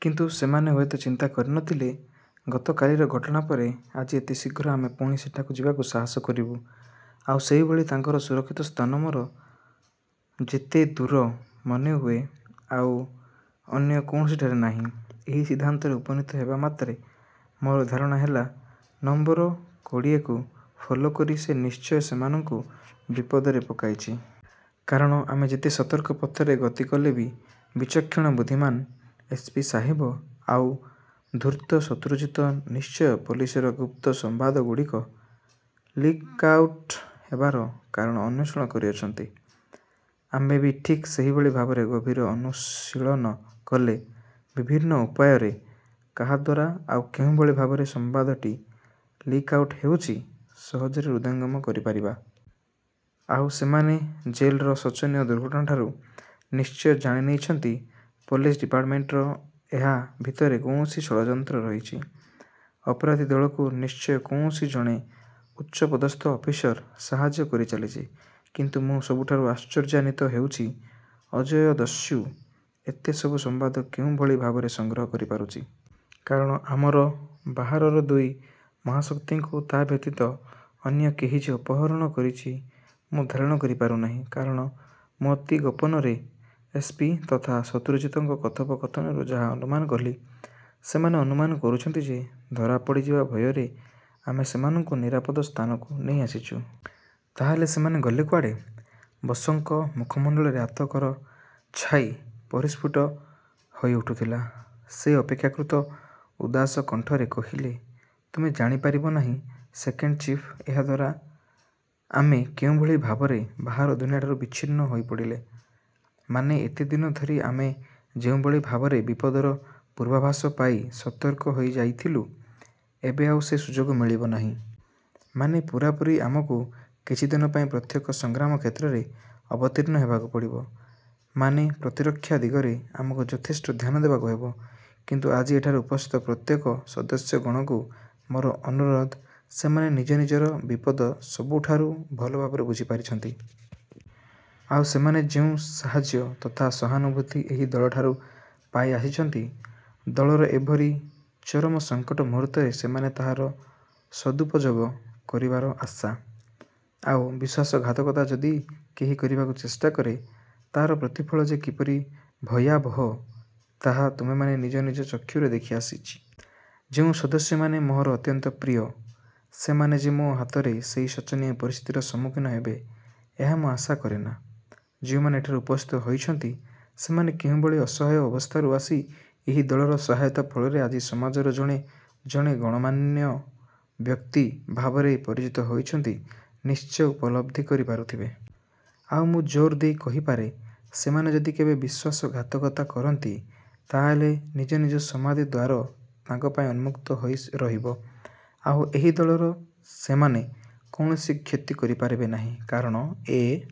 କିନ୍ତୁ ସେମାନେ ହୁଏତ ଚିନ୍ତା କରି ନ ଥିଲେ ଗତକାଲିର ଘଟଣା ପରେ ଆଜି ଏତେ ଶୀଘ୍ର ଆମେ ପୁଣି ସେଠାକୁ ଯିବାକୁ ସାହସ କରିବୁଁ ଆଉ ସେହିଭଳି ତାଙ୍କର ସୁରକ୍ଷିତ ସ୍ଥାନ ମୋର ଯେତେଦୂର ମନେହୁଏ ଆଉ ଅନ୍ୟ କୌଣସିଠାରେ ନାହିଁ। ଏହି ସିଦ୍ଧାନ୍ତରେ ଉପନୀତ ହେବା ମାତ୍ରେ ମୋର ଧାରଣା ହେଲା ନମ୍ବର କୋଡ଼ିଏକୁ ଫଲୋ କରି ସେ ନିଶ୍ଚୟ ସେମାନଙ୍କୁ ବିପଦରେ ପକାଇଛି। କାରଣ ଆମେ ଯେତେ ସତର୍କ ପଥରେ ଗତି କଲେ ବି ବିଚକ୍ଷଣ ବୁଦ୍ଧିମାନ ଏସ୍ ପି ସାହେବ ଆଉ ଧୂର୍ତ୍ତ ଶତ୍ରୁଜିତ ନିଶ୍ଚୟ ପୋଲିସର ଗୁପ୍ତ ସମ୍ବାଦଗୁଡ଼ିକ ଲିକ୍ଆ ଉଟ୍ ହେବାର କାରଣ ଆନ୍ୱେଷଣ କରିଛନ୍ତି। ଆମେ ବି ଠିକ୍ ସେହିଭଳି ଭାବରେ ଗଭୀର ଅନୁଶୀଳନ କଲେ ବିଭିନ୍ନ ଉପାୟରେ କାହା ଦ୍ୱାରା ଆଉ କେଉଁଭଳି ଭାବରେ ସମ୍ବାଦଟି ଲିକ୍ଆ ଉଟ୍ ହେଉଛି, ସହଜରେ ହୃଦୟଙ୍ଗମ କରି ପାରିବା। ଆଉ ସେମାନେ ଜେଲର ଶୋଚନୀୟ ଦୁର୍ଘଟଣାଠାରୁ ନିଶ୍ଚୟ ଜାଣି ନେଇଛନ୍ତି ପୋଲିସ ଡିପାର୍ଟମେଣ୍ଟର ଏହା ଭତରେ କୌଣସି ଷଡ଼ଯନ୍ତ୍ର ରହିଛି। ଅପରାଧୀ ଦଳକୁ ନିଶ୍ଚୟ କୌଣସି ଜଣେ ଉଚ୍ଚପଦସ୍ଥ ଅଫିସର ସାହାଯ୍ୟ କରିଚାଲିଛି। କିନ୍ତୁ ମୁଁ ସବୁଠାରୁ ଆଶ୍ଚର୍ଯ୍ୟାନ୍ୱତ ହେଉଛି, ଅଜୟ ଦସ୍ୟୁ ଏତେ ସବୁ ସମ୍ବାଦ କେଉଁଭଳି ଭାବରେ ସଂଗ୍ରହ କରି ପାରୁଛି। କାରଣ ଆମର ବାହାରର ଦୁଇ ମହାଶକ୍ତିଙ୍କୁ ତା ବ୍ୟତୀତ ଅନ୍ୟ କେହି ଯେ ଅପହରଣ କରିଛି ମୁଁ ଧାରଣା କରି ପାରୁ ନାହିଁ। କାରଣ ମୁଁ ଅତି ଗୋପନରେ ଏସ୍. ପି ତଥା ଶତ୍ରୁଜିତଙ୍କ କଥୋପ କଥନରୁ ଯାହା ଅନୁମାନ କଲି, ସେମାନେ ଅନୁମାନ କରୁଛନ୍ତି ଯେ, ଧରା ପଡ଼ିଯିବା ଭୟରେ ଆମେ ସେମାନଙ୍କୁ ନିରାପଦ ସ୍ଥାନକୁ ନେଇ ଆସିଛୁ। ତା ହେଲେ ସେମାନେ ଗଲେ କୁଆଡ଼େ? ବସଙ୍କ ମୁଖମଣ୍ଡଳରେ ଆତଙ୍କର ଛାଇ ପରିସ୍ଫୁଟ ହୋଇ ଉଠୁଥିଲା। ସେ ଅପେକ୍ଷାକୃତ ଉଦାସ କଣ୍ଠରେ କହଲେ ତୁମେ ଜାଣିପାରିବ ନାହିଁ ସେକେଣ୍ଡ ଚିଫ୍ଏ ହାଦ୍ୱାରା ଆମେ କେଉଁଭଳି ଭାବରେ ବାହାର ଦୁନିଆଠାରୁ ବିଚ୍ଛିନ୍ନ ହୋଇପଡ଼ିଲେ। ମାନେ ଏତେ ଦିନ ଧରି ଆମେ ଯେଉଁଭଳି ଭାବରେ ବିପଦର ପୂର୍ବାଭାସ ପାଇ ସତର୍କ ହୋଇ ଯାଉଥିଲୁ ଏବେ ଆଉ ସେ ସୁଯୋଗ ମିଳିବ ନାହିଁ। ମାନେ ପୂରାପୂରି ଆମକୁ କିଛିଦିନ ପାଇଁ ପ୍ରତ୍ୟକ୍ଷ ସଂଗ୍ରାମ କ୍ଷେତ୍ରରେ ଅବତୀର୍ଣ୍ଣ ହେବାକୁ ପଡ଼ିବ। ମାନେ ପ୍ରତିରକ୍ଷା ଦିଗରେ ଆମକୁ ଯଥେଷ୍ଟ ଧ୍ୟାନ ଦେବାକୁ ହେବ। କିନ୍ତୁ ଆଜି ଏଠାରେ ଉପସ୍ଥିତ ପ୍ରତ୍ୟେକ ସଦସ୍ୟଗଣଙ୍କୁ ମୋର ଅନୁରୋଧ ସେମାନେ ନିଜେ ନିଜର ବିପଦ ସବୁଠାରୁ ଭଲ ଭାବରେ ବୁଝି ପାରିଛନ୍ତି। ଆଉ ସେମାନେ ଯେଉଁ ସାହାଯ୍ୟ ତଥା ସହାନୁଭୂତି ଏହି ଦଳଠାରୁ ପାଇ ଆସିଛନ୍ତି, ଦଳର ଏ ଭଳି ଚରମ ସଂକଟ ମୁହୂର୍ତ୍ତରେ ସେମାନେ ତାହାର ସଦୁପଯୋଗ। କରିବାର ଆଶା। ଆଉ ବିଶ୍ୱାସଘାତକତା ଯଦି କେହି କରିବାକୁ ଚେଷ୍ଟା କରେ ତାର ପ୍ରତିଫଳ ଯେ କିପରି ଭୟାବହ ତାହା ତୁମେମାନେ ନିଜ ନିଜ ଚକ୍ଷୁରେ ଦେଖି ଆସିଛି। ଯେଉଁ ସଦସ୍ୟମାନେ ମୋର ଅତ୍ୟନ୍ତ ପ୍ରିୟ ସେମାନେ ଯେ ମୋ ହାତରେ ସେହି ଶୋଚନୀୟ ପରିସ୍ଥିତିର ସମ୍ମୁଖୀନ ହେବେ, ଏହା ମୁଁ ଆଶା କରେନା। ଯେଉଁମାନେ ଏଠାରେ ଉପସ୍ଥିତ ହୋଇଛନ୍ତି, ସୋମାନେ କେଉଁଭଳି ଅସହାୟ ଅବସ୍ଥାରୁ ଆସି ଏହି ଦଳର ସହାୟତା ଫଳରେ ଆଜି ସମାଜର ଜଣେ ଜଣେ ଗଣ୍ୟମାନ୍ୟ ବ୍ୟକ୍ତି ଭାବରେ ପରିଚିତ ହୋଇଛନ୍ତି ନିଶ୍ଚୟ ଉପଲବ୍ଧି କରି ପାରୁଥିବେ। ଆଉ ମୁଁ ଯୋର ଦେଇ କହିପାରେ ସେମାନେ ଯଦି କେବେ ବିଶ୍ୱାସଘାତକତା କରିନ୍ତି, ତାହାହେଲେ ନିଜ ନିଜ ସମାଧି ଦ୍ୱାର ତାଙ୍କ ପାଇଁ ଉନ୍ମୁକ୍ତ ହୋଇ ରହିବ, ଆଉ ଏହି ଦଳର ସେମାନେ କୌଣସି କ୍ଷତି କରି ପାରିବେ ନାହିଁ। କାରଣ ଏ